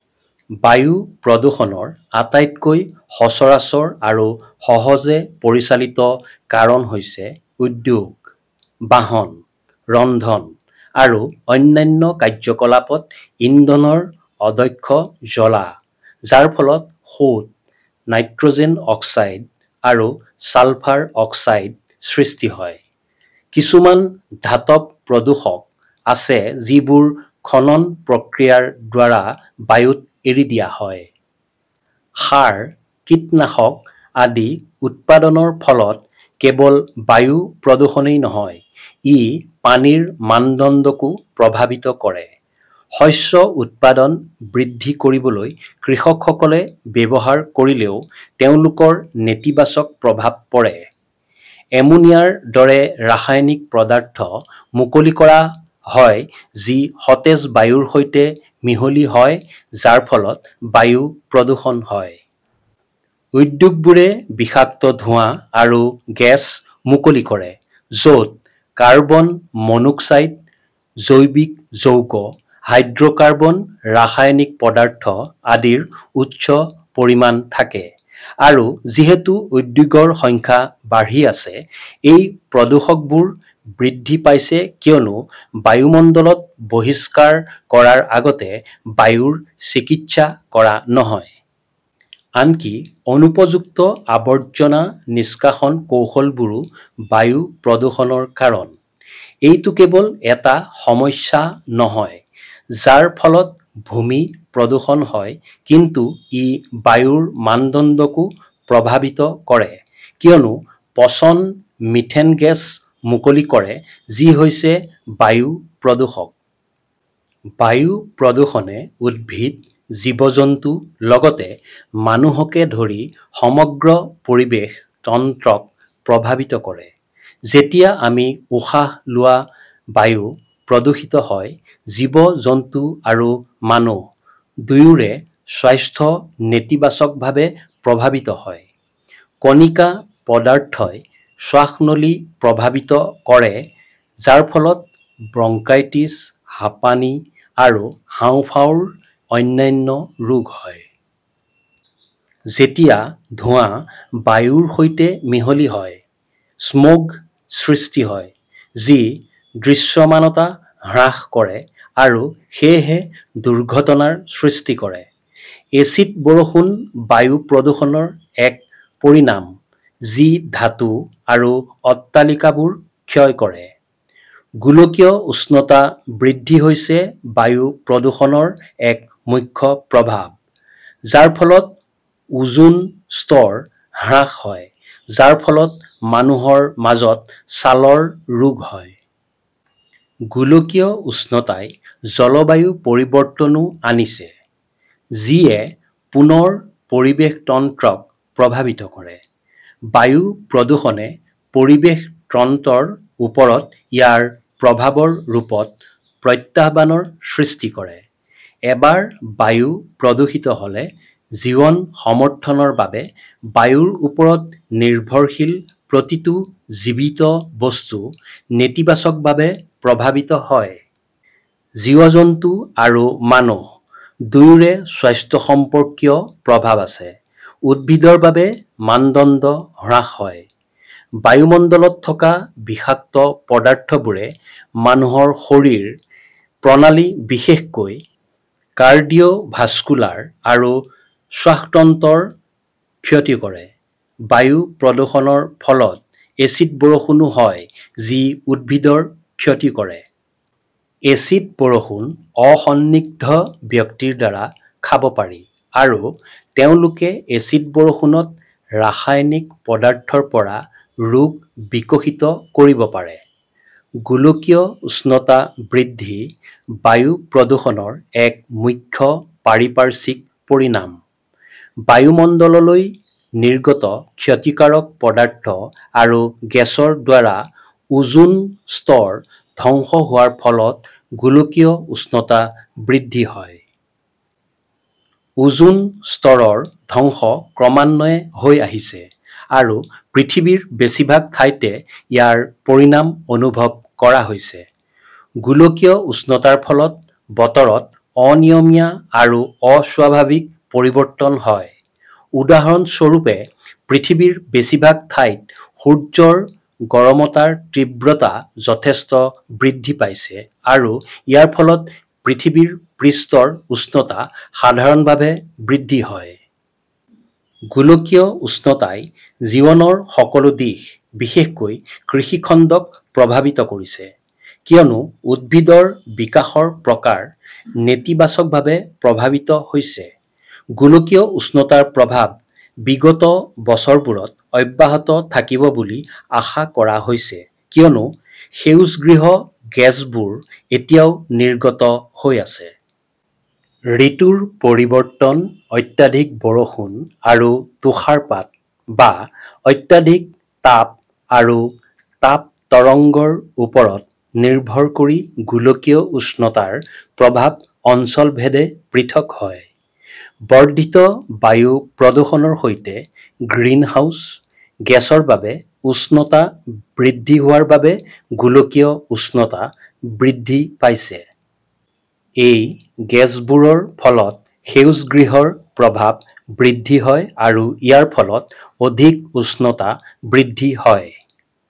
বায়ু প্ৰদূষণৰ আটাইতকৈ সচৰাচৰ আৰু সহজে পৰিচালিত কাৰণ হৈছে উদ্যোগ, বাহন, ৰন্ধন, আৰু অন্যান্য কাৰ্যকলাপত ইন্ধনৰ অদক্ষ জ্বলা যাৰ ফলত সূত, নাইট্ৰজেন অক্সাইড আৰু ছালফাৰ অক্সাইড সৃষ্টি হয়। কিছুমান ধাতৱ প্ৰদূষক আছে যিবোৰ খনন প্ৰক্ৰিয়াৰ দ্বাৰা বায়ুত এৰি দিয়া হয়। সাৰ, কীটনাশক আদিউৎপাদনৰ ফলত কেৱল বায়ু প্ৰদূষণেই নহয়, ই পানীৰ মানদণ্ডকো প্ৰভাৱিত কৰে। শস্য উৎপাদন বৃদ্ধিকৰিবলৈ কৃষকসকলে ব্যৱহাৰ কৰিলেও তেওঁলোকৰ নেতিবাচক প্ৰভাৱ পৰে। এমোনিয়াৰ দৰে ৰাসায়নিক পদাৰ্থ মুকলি কৰা হয় যি সতেজ বায়ুৰ সৈতে মিহলি হয় যাৰ ফলত বায়ু প্ৰদূষণ হয়। উদ্যোগবোৰে বিষাক্ত ধোঁৱা আৰু গেছ মুকলি কৰে য'ত কাৰ্বন মনোক্সাইড, জৈৱিক যৌগ, হাইড্ৰ'কাৰ্বন, ৰাসায়নিক পদাৰ্থ আদিৰ উচ্চ পৰিমাণ থাকে। আৰু যিহেতু উদ্যোগৰ সংখ্যা বাঢ়ি আছে, এই প্ৰদূষকবোৰ বৃদ্ধি পাইছে কিয়নো বায়ুমণ্ডলত বহিষ্কাৰ কৰাৰ আগতে বায়ুৰ চিকিৎসা কৰা নহয়। আনকি অনুপযুক্ত আৱৰ্জনা নিষ্কাশন কৌশলবোৰো বায়ু প্ৰদূষণৰ কাৰণ। এইটো কেৱল এটা সমস্যা নহয় যাৰ ফলত ভূমি প্ৰদূষণ হয় কিন্তু ই বায়ুৰ মানদণ্ডকো প্ৰভাৱিত কৰে কিয়নো পচন মিথেন গেছ মুকলি কৰে যি হৈছে বায়ু প্ৰদূষক। বায়ু প্ৰদূষণে উদ্ভিদ, জীৱ-জন্তু, লগতে মানুহকে ধৰি সমগ্ৰ পৰিৱেশ তন্ত্ৰক প্ৰভাৱিত কৰে। যেতিয়া আমি উশাহ লোৱা বায়ু প্ৰদূষিত হয়, জীৱ-জন্তু আৰু মানুহ দুয়োৰে স্বাস্থ্য নেতিবাচকভাৱে প্ৰভাৱিত হয়। কণিকা পদাৰ্থই শ্বাসনলীপ্ৰভাৱিত কৰে যাৰ ফলত ব্ৰংকাইটিছ, হাপানি, আৰু হাঁওফাঁওৰ অন্যান্য ৰোগ হয়। যেতিয়া ধোঁৱা বায়ুৰ সৈতে মিহলি হয়, স্মগ সৃষ্টি হয়, যি দৃশ্যমানতা হ্ৰাস কৰে আৰু সেয়েহে দুৰ্ঘটনাৰ সৃষ্টি কৰে। এচিড বৰষুণ বায়ু প্ৰদূষণৰ এক পৰিণাম যি ধাতু আৰু অট্টালিকাবোৰ ক্ষয় কৰে। গোলকীয় উষ্ণতা বৃদ্ধি হৈছে বায়ু প্ৰদূষণৰ এক মুখ্য প্ৰভাৱ, যাৰ ফলত ওজোন স্তৰ হ্ৰাস হয়, যাৰ ফলত মানুহৰ মাজত ছালৰ ৰোগ হয়। গোলকীয় উষ্ণতাই জলবায়ু পৰিৱৰ্তনও আনিছে যি য়ে পুনৰ পৰিৱেশ তন্ত্ৰক প্ৰভাৱিত কৰে। বায়ু প্ৰদূষণে পৰিৱেশ তন্ত্ৰৰ ওপৰত ইয়াৰ প্ৰভাৱৰ ৰূপত প্ৰত্যাহ্বানৰ সৃষ্টি কৰে। এবাৰ বায়ু প্ৰদূষিত হ'লে, জীৱন সমৰ্থনৰ বাবে বায়ুৰ ওপৰত নিৰ্ভৰশীল প্ৰতিটো জীৱিত বস্তু নেতিবাচকভাৱে প্ৰভাৱিত হয়। জীৱ-জন্তু আৰু মানুহ দুয়োৰে স্বাস্থ্যসম্পৰ্কীয় প্ৰভাৱ আছে, উদ্ভিদৰ বাবে, মানদণ্ড হ্ৰাস হয়। বায়ুমণ্ডলত থকা বিষাক্ত পদাৰ্থবোৰে মানুহৰ শৰীৰ প্ৰণালীবিশেষকৈ কাৰ্ডিওভাস্কুলাৰ আৰু শ্বাসতন্ত্ৰৰ ক্ষতি কৰে। বায়ু প্ৰদূষণৰ ফলত এচিড বৰষুণো হয় যি উদ্ভিদৰ ক্ষতি কৰে। এচিড বৰষুণ অসন্দিগ্ধ ব্যক্তিৰ দ্বাৰা খাব পাৰি আৰু তেওঁলোকে এচিড বৰষুণত ৰাসায়নিক পদাৰ্থৰ পৰা ৰোগ বিকশিত কৰিব পাৰে। গোলকীয় উষ্ণতা বৃদ্ধি বায়ু প্ৰদূষণৰ এক মুখ্য পাৰিপাৰ্শ্বিক পৰিণাম। বায়ুমণ্ডললৈ নিৰ্গত ক্ষতিকাৰক পদাৰ্থ আৰু গেছৰ দ্বাৰা ওজোন স্তৰ ধ্বংস হোৱাৰ ফলত গোলকীয় উষ্ণতা বৃদ্ধি হয়। ওজোন স্তৰৰ ধ্বংস ক্ৰমান্বয়ে হৈ আহিছে আৰু পৃথিৱীৰ বেছিভাগ ঠাইতে ইয়াৰ পৰিণাম অনুভৱ কৰা হৈছে। গোলকীয় উষ্ণতাৰ ফলত বতৰত অনিয়মীয়া আৰু অস্বাভাৱিক পৰিৱৰ্তন হয় উদাহৰণ স্বৰূপে পৃথিৱীৰ বেছিভাগ ঠাইত সূৰ্যৰ গৰমতাৰ তীব্ৰতা যথেষ্ট বৃদ্ধি পাইছে আৰু ইয়াৰ ফলত পৃথিৱীৰ পৃষ্ঠৰ উষ্ণতা সাধাৰণভাৱে বৃদ্ধি হয়। গোলকীয় উষ্ণতাই জীৱনৰ সকলো দিশ, বিশেষকৈ কৃষি খণ্ডক প্ৰভাৱিত কৰিছে কিয়নো উদ্ভিদৰ বিকাশৰ প্ৰকাৰ নেতিবাচকভাৱে প্ৰভাৱিত হৈছে। গোলকীয় উষ্ণতাৰ প্ৰভাৱ বিগত বছৰবোৰত অব্যাহত থাকিব বুলি আশা কৰা হৈছে কিয়নো সেউজগৃহ গেছবোৰ এতিয়াও নিৰ্গত হৈ আছে। ঋতুৰ পৰিৱৰ্তন, অত্যাধিক বৰষুণ আৰু তুষাৰপাত বা অত্যাধিক তাপ আৰু তাপ তৰংগৰ ওপৰত নিৰ্ভৰ কৰি গোলকীয় উষ্ণতাৰ প্ৰভাৱ অঞ্চল ভেদে পৃথক হয়। বৰ্ধিত বায়ু প্ৰদূষণৰ সৈতে, গ্ৰীণহাউচ গেছৰ বাবে উষ্ণতা বৃদ্ধি হোৱাৰ বাবে গোলকীয় উষ্ণতা বৃদ্ধি পাইছে। এই গেছবোৰৰ ফলত সেউজগৃহৰ প্ৰভাৱ বৃদ্ধি হয় আৰু ইয়াৰ ফলত অধিক উষ্ণতা বৃদ্ধি হয়।